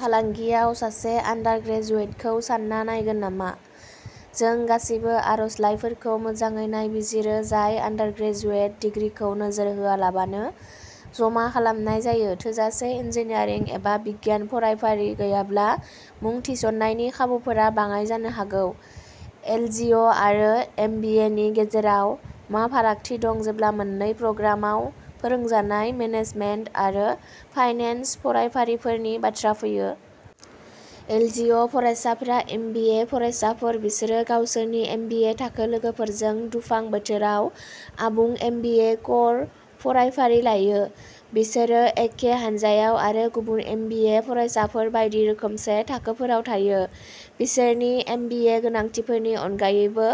फालांगियाव सासे आन्डारग्रेजुएटखौ सान्ना नायगोन नामा? जों गासिबो आर'जलाइफोरखौ मोजाङै नायबिजिरो जाय आन्डारग्रेजुएट दिग्रिखौ नोजोर होआलाबानो जमा खालामनाय जायो; थोजासे इन्जिनियारिं एबा बिगियान फरायफारि गैयाब्ला मुं थिसननायनि खाबुफोरा बाङाइ जानो हागौ। एलजिअ'आरो एमबिएनि गेजेराव मा फारागथि दं जेब्ला मोन्नै प्रग्रामाव फोरोंजानाय मेनेजमेन्ट आरो फाइनेन्स फरायफारिफोरनि बाथ्रा फैयो? एलजिअ'फरायसाफ्रा एमबिए फरायसाफोर। बिसोरो गावसोरनि एमबिए थाखो लोगोफोरजों दुफां बोथोराव आबुं एमबिए क'र फरायफारि लायो; बिसोरो एखे हान्जायाव आरो गुबुन एमबिए फरायसाफोर बायदि रोखोमसे थाखोफोराव थायो। बिसोरनि एमबिए गोनांथिफोरनि अनगायैबो,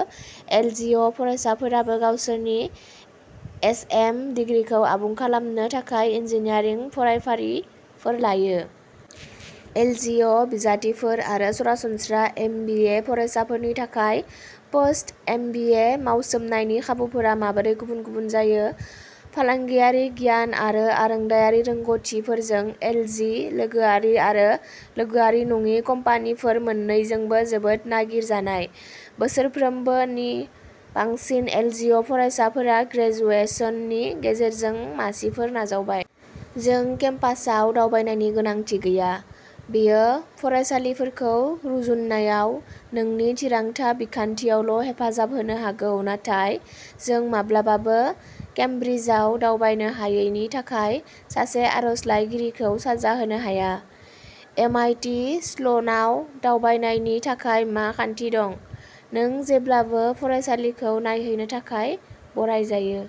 एलजिअ'फरायसाफोराबो गावसोरनि एसएम दिग्रिखौ आबुं खालामनो थाखाय इन्जिनियारिं फरायफारिफोर लायो। एलजिअ'बिजाथिफोर आरो सरासनस्रा एमबिए फरायसाफोरनि थाखाय पोस्ट-एमबिए मावसोमनायनि खाबुफोरा माबोरै गुबुन-गुबुन जायो? फालांगियारि गियान आरो आरोंदायारि रोंग'थिफोरजों, एलजि लोगोआरि आरो लोगोआरि नङि कम्पानिफोर मोननैजोंबो जोबोद नागिरजानाय। बोसोरफ्रोमबो नि बांसिन एलजिअ'फरायसाफोरा ग्रेजुएशननि गेजेरजों मासिफोर नाजावबाय। जों केम्पासआव दावबायनायनि गोनांथि गैया। बेयो फरायसालिफोरखौ रुजुननायाव नोंनि थिरांथा बिखान्थियावल'हेफाजाब होनो हागौ, नाथाय जों माब्लाबाबो केमब्रिजआव दावबायनो हायैनि थाखाय सासे आर'जलाइगिरिखौ साजा होनो हाया। एमआइटि स्ल'नाव दावबायनायनि थाखाय मा खान्थि दं? नों जेब्लाबो फरायसालिखौ नायहैनो थाखाय बरायजायो।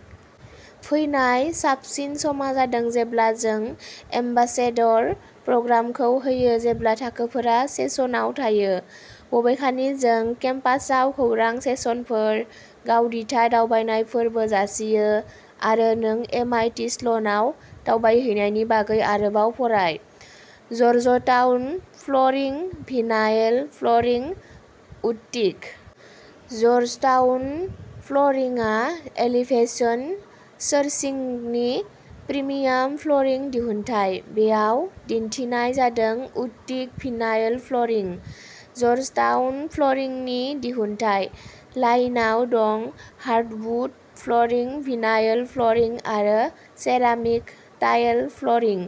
फैनाय साबसिन समा जादों जेब्ला जों एम्बासेडर प्रग्रामखौ होयो जेब्ला थाखोफोरा सेसनआव थायो। बबेखानि, जों केम्पासआव खौरां सेसनफोर, गाव-दिथा दावबायनायफोरबो जासियो, आरो नों एमआइटि स्ल'नाव दावबायहैनायनि बागै आरोबाव फराय। जर्जटाउन फ्ल'रिं, भिनाइल फ्ल'रिं उडटिक। जर्जटाउन फ्ल'रिंआ एलिभेशन सोर्सिंगनि प्रिमियाम फ्ल'रिं दिहुनथाय। बेयाव दिन्थिनाय जादों उडटिक भिनाइल फ्ल'रिं। जर्जटाउन फ्ल'रिंनि दिहुनथाय। लाइनआव दं, हार्डवुड फ्ल'रिं, भिनाइल फ्ल'रिं, आरो सेरामिक/टाइल फ्ल'रिं।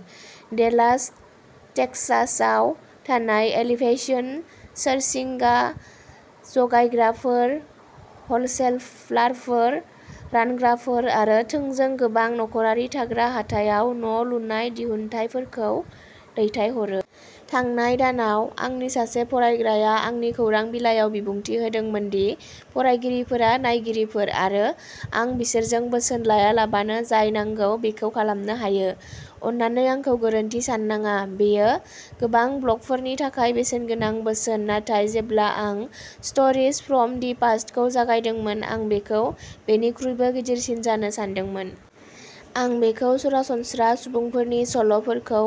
डेलास टेक्सासआव थानाय एलिभेशन सोर्सिंगआ, जगायग्राफोर, हलसेलारफोर, रानग्राफोर, आरो थोंजों गोबां नखरारि थाग्रा हाथाइआव न'लुनाय दिहुनथायफोरखौ दैथायहरो। थांनाय दानाव, आंनि सासे फरायग्राया आंनि खौरां बिलाइयाव बिबुंथि होदोंमोन दि फरायगिरिफोरा नायगिरिफोर, आरो आं बिसोरजों बोसोन लायालाबानो जाय नांगौ बेखौ खालामनो हायो। अन्नानै आंखौ गोरोन्थि साननाङा, बेयो गोबां ब्लगफोरनि थाखाय बेसेनगोनां बोसोन, नाथाय जेब्ला आं स्ट'रीज फ्रम दि पास्टखौ जागायदोंमोन, आं बेखौ बेनिख्रुइबो गिदिरसिन जानो सानदोंमोन। आं बेखौ "सरासनस्रा" सुबुंफोरनि सल'फोरखौ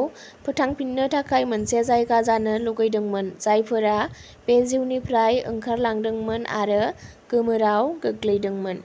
फोथांफिन्नो थाखाय मोनसे जायगा जानो लुगैदोंमोन, जायफोरा बे जिउनिफ्राय ओंखारलांदोंमोन आरो गोमोराव गोग्लैदोंमोन।